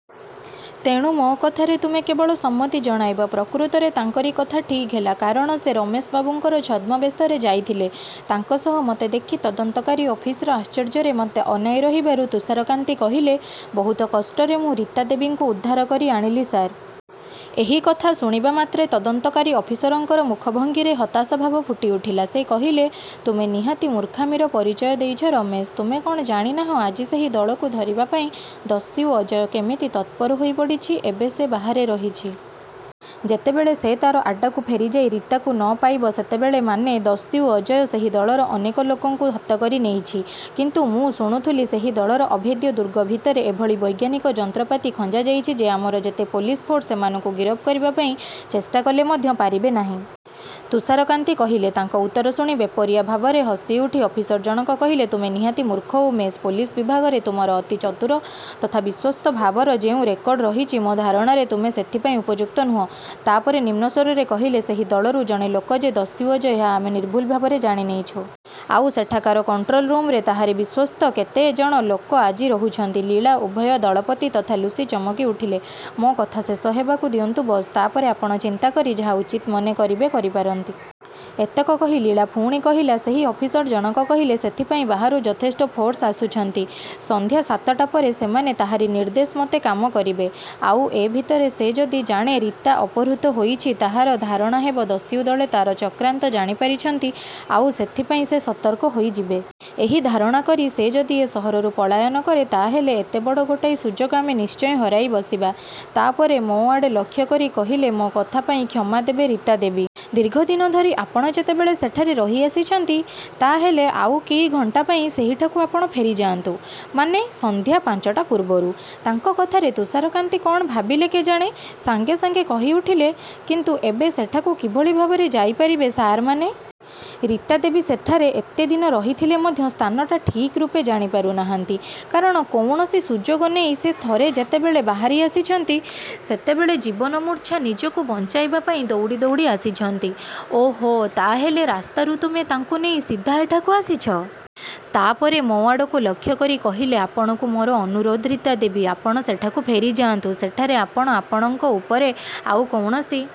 ତେଣୁ ମୋ କଥାରେ ତୁମେ କେବଳ ସମ୍ମତି ଜଣାଇବ। ପ୍ରକୃତରେ ତାଙ୍କରି କଥା ଠିକ୍ ହେଲା। କାରଣ ସେ ରମେଶ ବାବୁଙ୍କର ଛଦ୍ମବେଶରେ ଯାଇଥିଲେ। ତାଙ୍କ ସହ ମୋତେ ଦେଖି ତଦନ୍ତକାରୀ ଅଫିସର ଆଶ୍ଚର୍ଯ୍ୟରେ ମୋତେ ଅନାଇ ରହିବାରୁ ତୁଷାରକାନ୍ତି କହିଲେ ବହୁତ କଷ୍ଟରେ ମୁଁ ରୀତା ଦେବୀଙ୍କୁ ଉଦ୍ଧାର କରି ଆଣିଲି ସାର୍। ଏହି କଥା ଶୁଣିବା ମାତ୍ରେ ତଦନ୍ତକାରୀ ଅଫିସରଙ୍କର ମୁଖଭଙ୍ଗୀରେ ହତାଶଭାବ ଫୁଟିଉଠିଲା। ସେ କହିଲେ ତୁମେ ନିହାତି ମୂର୍ଖାମିର ପରିଚୟ ଦେଇଛ ରମେଶ। ତୁମେ କ’ଣ ଜାଣିନାହଁ ଆଜି ସେହି ଦଳକୁ ଧରିବା ପାଇଁ ଦସ୍ୟୁ ଅଜୟ କେମିତି ତତ୍ପର ହୋଇପଡ଼ିଛି? ଏବେ ସେ ବାହାରେ ରହିଛି। ଯେତେବେଳେ ସେ ତା’ର ଆଡ଼୍ଡାକୁ ଫେରିଯାଇ ରୀତାକୁ ନ ପାଇବ ସେତେବେଳେ ମାନେ? ଦସ୍ୟୁ ଅଜୟ ସେହି ଦଳର ଅନେକ ଲୋକଙ୍କୁ ହତକରି ନେଇଛି। କିନ୍ତୁ ମୁଁ ଶୁଣୁଥିଲି ସେହି ଦଳର ଅଭେଦ୍ୟ ଦୁର୍ଗ ଭିତରେ ଏଭଳି ବୈଜ୍ଞାନିକ ଯନ୍ତ୍ରପାତି ଖଞ୍ଜାଯାଇଛି ଯେ ଆମର ଯେତେ ପୋଲିସ ଫୋର୍ସ ସେମାନଙ୍କୁ ଗିରଫ କରିବା ପାଇଁ ଚେଷ୍ଟା କଲେ ମଧ୍ୟ ପାରିବେ ନାହିଁ। ତୁଷାରକାନ୍ତି କହିଲେ। ତାଙ୍କ ଉତ୍ତର ଶୁଣି ବେପରିଆ ଭାବରେ ହସିଉଠି ଅଫିସର ଜଣକ କହିଲେ ତୁମେ ନିହାତି ମୂର୍ଖ ଉମେଶ ପୋଲିସ ବିଭାଗରେ ତୁମର ଅତି ଚତୁର ତଥା ବିଶ୍ୱସ୍ତ ଭାବର ଯେଉଁ ରେକର୍ଡ ରହିଛି ମୋ ଧାରଣାରେ ତୁମେ ସେଥିପାଇଁ ଉପଯୁକ୍ତ ନୁହଁ। ତା’ ପରେ ନିମ୍ନ ସ୍ୱରରେ କହିଲେ ସେହି ଦଳରୁ ଜଣେ ଲୋକ ଯେ ଦସ୍ୟୁ ଅଜୟ ଏହା ଆମେ ନିର୍ଭୁଲ ଭାବରେ ଜାଣିନେଇଛୁ। ଆଉ ସେଠାକାର କଣ୍ଟ୍ରୋଲ୍ ରୁମ୍‌ରେ ତାହାରି ବିଶ୍ୱସ୍ତ କେତେ ଜଣ ଲୋକ ଆଜି ରହୁଛନ୍ତି। ଲୀଳା ଉଭୟ ଦଳପତି ତଥା ଲୁସି ଚମକିଉଠିଲେ। ମୋ କଥା ଶେଷ ହେବାକୁ ଦିଅନ୍ତୁ ବସ୍। ତା’ ପରେ ଆପଣ ଚିନ୍ତା କରି ଯାହା ଉଚିତ୍ ମନେ କରିବେ କରିପାରନ୍ତି। ଏତକ କହି ଲୀଳା ପୁଣି କହିଲା ସେହି ଅଫିସର ଜଣକ କହିଲେ ସେଥିପାଇଁ ବାହାରୁ ଯଥେଷ୍ଟ ଫୋର୍ସ ଆସୁଛନ୍ତି। ସନ୍ଧ୍ୟା ସାତଟା ପରେ ସେମାନେ ତାହାରି ନିର୍ଦ୍ଦେଶ ମତେ କାମ କରିବେ। ଆଉ ଏ ଭିତରେ ସେ ଯଦି ଜାଣେ ରୀତା ଅପହୃତ ହୋଇଛି ତାହାର ଧାରଣା ହେବ ଦସ୍ୟୁଦଳ ତା’ର ଚକ୍ରାନ୍ତ ଜାଣିପାରିଛନ୍ତି ଆଉ ସେଥିପାଇଁ ସେ ସତର୍କ ହୋଇଯିବେ। ଏହି ଧାରଣା କରି ସେ ଯଦି ଏ ସହରରୁ ପଳାୟନ କରେ ତା’ ହେଲେ ଏତେ ବଡ଼ ଗୋଟାଏ ସୁଯୋଗ ଆମେ ନିଶ୍ଚୟ ହରାଇ ବସିବା। ତା’ ପରେ ମୋ ଆଡ଼େ ଲକ୍ଷ୍ୟ କରି କହିଲେ ମୋ କଥା ପାଇଁ କ୍ଷମା ଦେବେ ରୀତା ଦେବୀ। ଦୀର୍ଘଦିନ ଧରି ଆପଣ ଯେତେବେଳେ ସେଠାରେ ରହିଆସିଛନ୍ତି ତା’ ହେଲେ ଆଉ କେଇ ଘଣ୍ଟା ପାଇଁ ସେହିଠାକୁ ଆପଣ ଫେରିଯାଆନ୍ତୁ। ମାନେ ସନ୍ଧ୍ୟା ପାଞ୍ଚଟା ପୂର୍ବରୁ। ତାଙ୍କ କଥାରେ ତୁଷାରକାନ୍ତି କ’ଣ ଭାବିଲେ କେଜାଣି ସାଙ୍ଗେ ସାଙ୍ଗେ କହିଉଠିଲେ କିନ୍ତୁ ଏବେ ସେଠାକୁ କିଭଳି ଭାବରେ ଯାଇପାରିବେ ସାର୍ ମାନେ? ରୀତା ଦେବୀ ସେଠାରେ ଏତେ ଦିନ ରହିଥିଲେ ମଧ୍ୟ ସ୍ଥାନଟା ଠିକ୍ ରୂପେ ଜାଣିପାରୁନାହାନ୍ତି। କାରଣ କୌଣସି ସୁଯୋଗ ନେଇ ସେ ଥରେ ଯେତେବେଳେ ବାହାରି ଆସିଛନ୍ତି ସେତେବେଳେ ଜୀବନମୂର୍ଚ୍ଛା ନିଜକୁ ବଞ୍ଚାଇବା ପାଇଁ ଦୌଡ଼ି ଦୌଡ଼ି ଆସିଛନ୍ତି। ଓଃ ତା’ ହେଲେ ରାସ୍ତାରୁ ତୁମେ ତାଙ୍କୁ ନେଇ ସିଧା ଏଠାକୁ ଆସିଛ? ତା’ ପରେ ମୋ ଆଡ଼କୁ ଲକ୍ଷ୍ୟ କରି କହିଲେ ଆପଣଙ୍କୁ ମୋର ଅନୁରୋଧ ରୀତା ଦେବୀ ଆପଣ ସେଠାକୁ ଫେରିଯାଆନ୍ତୁ। ସେଠାରେ ଆପଣ ଆପଣଙ୍କ ଉପରେ ଆଉ କୌଣସି